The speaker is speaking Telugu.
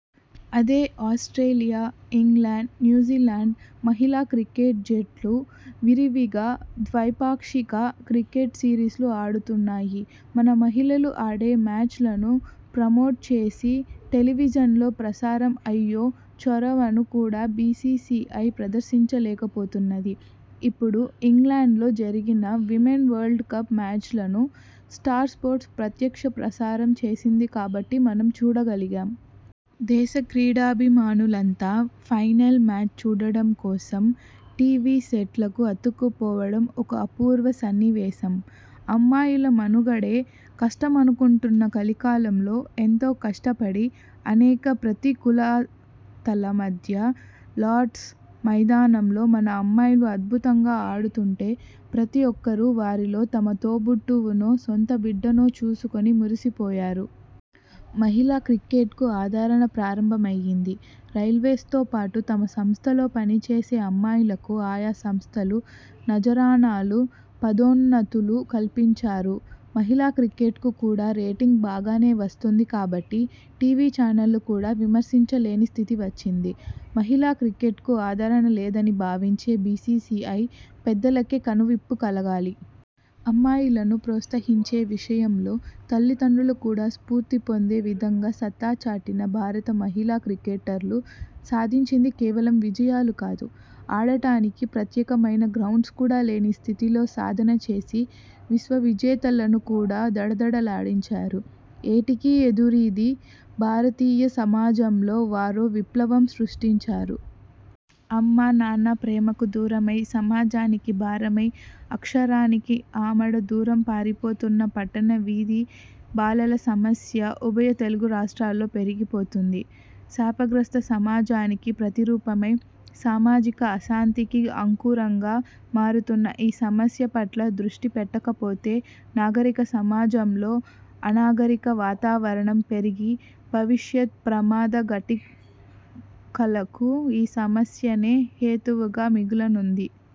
అదే ఆస్ట్రేలియా, ఇంగ్లాండ్, న్యూజీలాండ్ మహిళా క్రికెట్ జట్లు విరివిగా ద్వైపాక్షిక క్రికెట్ సిరీస్లు ఆడుతున్నాయి. మన మహిళలు ఆడే మ్యాచ్ లను ప్రమోట్ చేసి, టెలివిజన్లో ప్రసారం అయ్యే చొరవను కూడా బిసిసిఐ ప్రదర్శించలేకపోతున్నది. ఇప్పుడు ఇంగ్లండ్ లో జరిగిన విమెన్ వరల్డ్ కప్ మ్యాచ్లను స్టార్ స్పోర్ట్స్ ప్రత్యక్ష ప్రసారం చేసింది కాబట్టి, మనం చూడగలిగాం. దేశ క్రీడాభిమానులంతా ఫైనల్ మ్యాచ్ చూడడం కోసం టివి సెట్లకు అతుక్కుపోవడం ఓ అపూర్వ సన్నివేశం. అమ్మాయిల మనుగడే కష్టమనుకుంటున్న కలికాలంలో ఎంతో కష్టపడి, అనేక ప్రతికూలతల మధ్య లార్డ్స్ మైదానంలో మన అమ్మాయిలు అద్భుతంగా ఆడుతుంటే, ప్రతీ ఒక్కరు వారిలో తమ తోబుట్టువునో, సొంత బిడ్డనో చూసుకుని మురిసిపోయారు. మహిళా క్రికెట్కు ఆదరణ ప్రారంభమయింది. రైల్వేస్తో పాటు తమ సంస్థల్లో పనిచేసే అమ్మాయిలకు ఆయా సంస్థలు నజరానాలు, పదోన్నతులు కల్పించారు. మహిళా క్రికెట్కు కూడా రేటింగ్ బాగానే వస్తుంది కాబట్టి టివి ఛానళ్లు కూడా విస్మరించలేని స్థితి వచ్చింది. మహిళా క్రికెట్కు ఆదరణ లేదని భావించే బిసిసిఐ పెద్దలకే కనువిప్పు కలగాలి. అమ్మాయిలను ప్రోత్సహించే విషయంలో తల్లిదండ్రులు కూడా స్ఫూర్తి పొందే విధంగా సత్తా చాటిన భారత మహిళా క్రికెటర్లు సాధించింది కేవలం విజయాలు కాదు. ఆడడానికి ప్రత్యేకమైన గ్రౌండ్స్ కూడా లేని స్థితిలో సాధన చేసి, విశ్వ విజేతలను కూడా దడదడలాడించారు. ఏటికి ఎదురీది భారతీయ సమాజంలో వారో విప్లవం సృష్టించారు. అమ్మా, నాన్న ప్రేమకు దూరమై, సమాజానికి భారమై, అక్షరానికి ఆమడ దూరం పారిపోతున్న పట్టణ వీధి బాలల సమస్య ఉభయ తెలుగు రాష్ట్రాల్లో పెరిగిపోతుంది. శాపగ్రస్త సమాజానికి ప్రతిరూపమై, సామాజిక అశాంతికి అంకురంగా మారుతున్న ఈ సమస్య పట్ల దృష్టి పెట్టకపోతే నాగరిక సమాజంలో అనాగరిక వాతావరణం పెరిగి భవిష్యత్ ప్రమాద ఘంటికలకు ఈ సమస్యనే హేతువుగా మిగలనుంది.